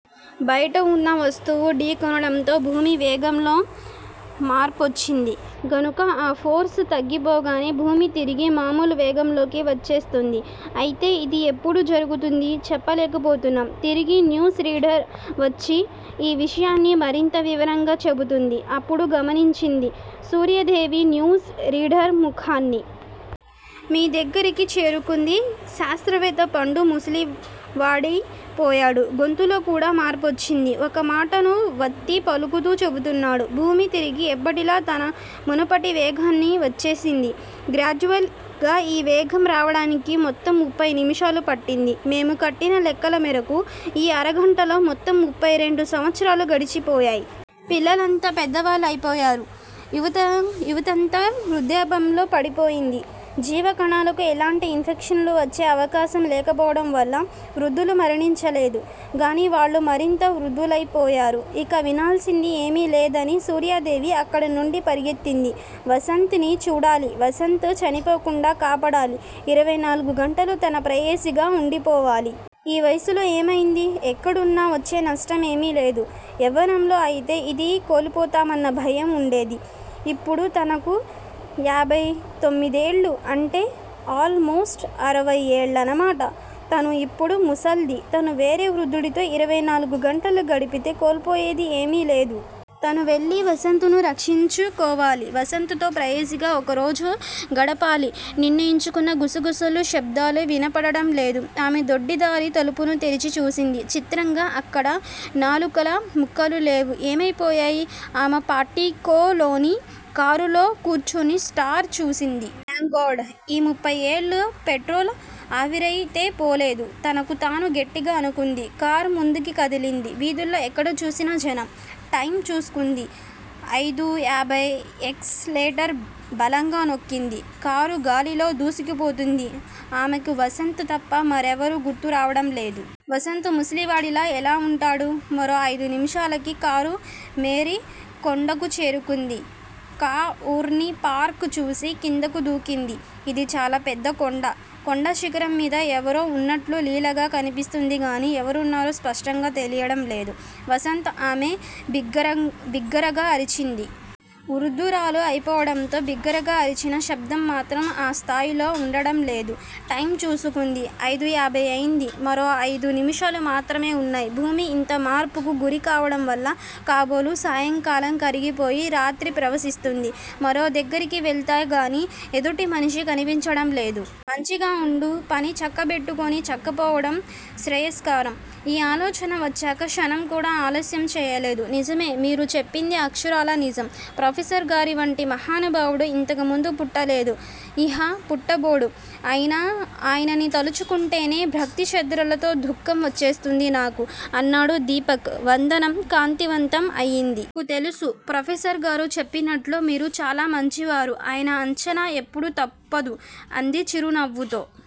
బయటున్న వస్తువు ఢీకొనడంతో భూమి వేగంలో మార్పొచ్చింది. గనుక ఆ ఫోర్స్ తగ్గిపోగానే భూమి తిరిగి మామూలు వేగంలోకి వచ్చేస్తుంది. అయితే ఇది ఎప్పుడు జరుగుతుందో చెప్పలేకపోతున్నాం. తిరిగి న్యూస్ రీడర్ వచ్చి ఈ విషయాన్నే మరింత వివరంగా చెబుతోంది. అప్పుడు గమనించింది సూర్యాదేవి న్యూస్ రీడర్ ముఖాన్ని. మీ. దగ్గరికి చేరుకుంది. శాస్త్రవేత్త పండు ముసలివాడై పోయాడు. గొంతులో కూడా మార్పొచ్చింది. ఒక మాటను వత్తి పలుకుతూ చెబుతున్నాడు. భూమి తిరిగి ఎప్పటిలా తన మునుపటి వేగాని వచ్చేసింది. గ్రాడ్యుయల్ గా ఈ వేగం రావడానికి మొత్తం ముఫ్ఫై నిముషాలు పట్టింది. మేము కట్టిన లెక్కల మేరకు ఈ అరగంటలో మొత్తం ముఫ్ఫై రెండు సంవత్సరాలు గడిచిపోయాయి. పిల్లలంతా పెద్దవాళ్ళు అయిపోయారు. యువతంతా వృద్దాప్యంలో పడిపోయింది. జీవకణాలకు ఎలాంటి ఇన్ఫెక్షన్లు వచ్చే అవకాశం లేకపోవడం వల్ల వృద్దులు మరణించలేదు గానీ వాళ్ళు మరింత వృద్దులైపోయారు. ఇక వినాల్సింది ఏమీలేదని సూర్యాదేవి అక్కడినుండి పరుగెత్తింది. వసంత్ ని చూడాలి. వసంత్ చనిపోకుండా కాపాడాలి. ఇరవై నాలుగు గంటలు తన ప్రేయసిగా వుండిపోవాలి. ఈ వయసులో ఏమైంది? ఎక్కడున్నా వచ్చే నష్టం ఏమీలేదు. యవ్వనంలో అయితే ఏది కోల్పోతామన్న భయం వుండేది. ఇప్పుడు తనకు ఏభై తొమ్మిదేళ్ళు అంటే ఆల్ మోస్ట్ అరవై ఏళ్ళన్న మాట తను ఇప్పుడు ముసల్ది తను వేరే వృద్దుడితో ఇరవై నాలుగు గంటలు గడిపితే కోల్పోయేది ఏమీలేదు. తను వెళ్ళి వసంత్ ను రక్షించుకోవాలి. వసంత్ తో ప్రేయసిగా ఒకరోజు గడపాలి నిర్ణయించుకున్నా గుసగుసలు, శబ్దాలు వినపడడం లేదు. ఆమె దొడ్డి దారి తలుపును తెరిచి చూసింది. చిత్రంగా అక్కడ నాలుకల మొక్కలు లేవు. ఏమైపోయాయి? ఆమె పోర్టికోలోని కారులో కూర్చుని స్టార్ట్ చేసింది. థాంక్ గాడ్ ఈ ముఫ్ఫై ఏళ్ళు పెట్రోలు ఆవిరైతే పోలేదు తనకు తానే గట్టిగా అనుకుంది. కారు ముందుకి కదిలింది. వీధుల్లో ఎక్కడ చూసినా జనం. టైమ్ చూసుకుంది. అయిదూ యాభై. ఎక్స్ లేటర్ బలంగా నొక్కింది. కారు గాలిలో దూసుకుపోతోంది. ఆమెకి వసంత్ తప్ప మరెవరూ గుర్తు రావడం లేదు. వసంత్ ముసలివాడిలా ఎలా వుంటాడు? మరో అయిదు నిముషాలకి కారు మేరీ కొండకు చేరుకుంది కాఉర్ని పార్క్ చేసి కిందకు దూకింది. ఇది చాలా పెద్ద కొండ. కొండ శిఖరం మీద ఎవరో వున్నట్లు లీలగా కనిపిస్తోందిగానీ ఎవరున్నారో స్పష్టంగా తెలియడం లేదు. వసంత్ ఆమె బిగ్గరగా అరిచింది. వృద్దురాలు అయిపోవడంతో బిగ్గరగా అరిచినా శబ్దం మాత్రం ఆ స్థాయిలో వుండడం లేదు. టైమ్ చూసుకుంది. అయిదూ ఏభై అయిదు. మరో అయిదు నిముషాలు మాత్రమే వున్నాయి. భూమి ఇంత మార్పుకు గురి కావడం వల్ల కాబోలు సాయంకాలం కరిగిపోయి. రాత్రి ప్రవశిస్తోంది. మరీ దగ్గరికి వెళితేగానీ ఎదుటిమనిషి కనిపించడంలేదు. మంచిగా వుండి పని చక్కబెట్టుకొని చక్కాపోవడం శ్రేయస్కరం! ఈ ఆలోచన వచ్చాక క్షణంకూడా ఆలస్యం చేయలేదు నిజమే మీరు చెప్పింది అక్షరాలా నిజం! ప్రొఫెసర్ గారివంటి మహానుభావుడు ఇంతకుముందు పుట్టలేదు ఇహ పుట్టబోడు ఆయన్ని తలచుకుంటేనే భక్తిశ్రద్ధలతో దుఃఖం వచ్చేస్తుంది నాకు! అన్నాడు. దీపిక వదనం కాంతి వంతం అయింది. 'నాకు తెలుసు ప్రొఫెసర్ గారు చెప్పినట్లు మీరు చాలా మంచివారు ఆయన అంచనా ఎప్పుడూ తప్పదు అంది చిరునవ్వుతో.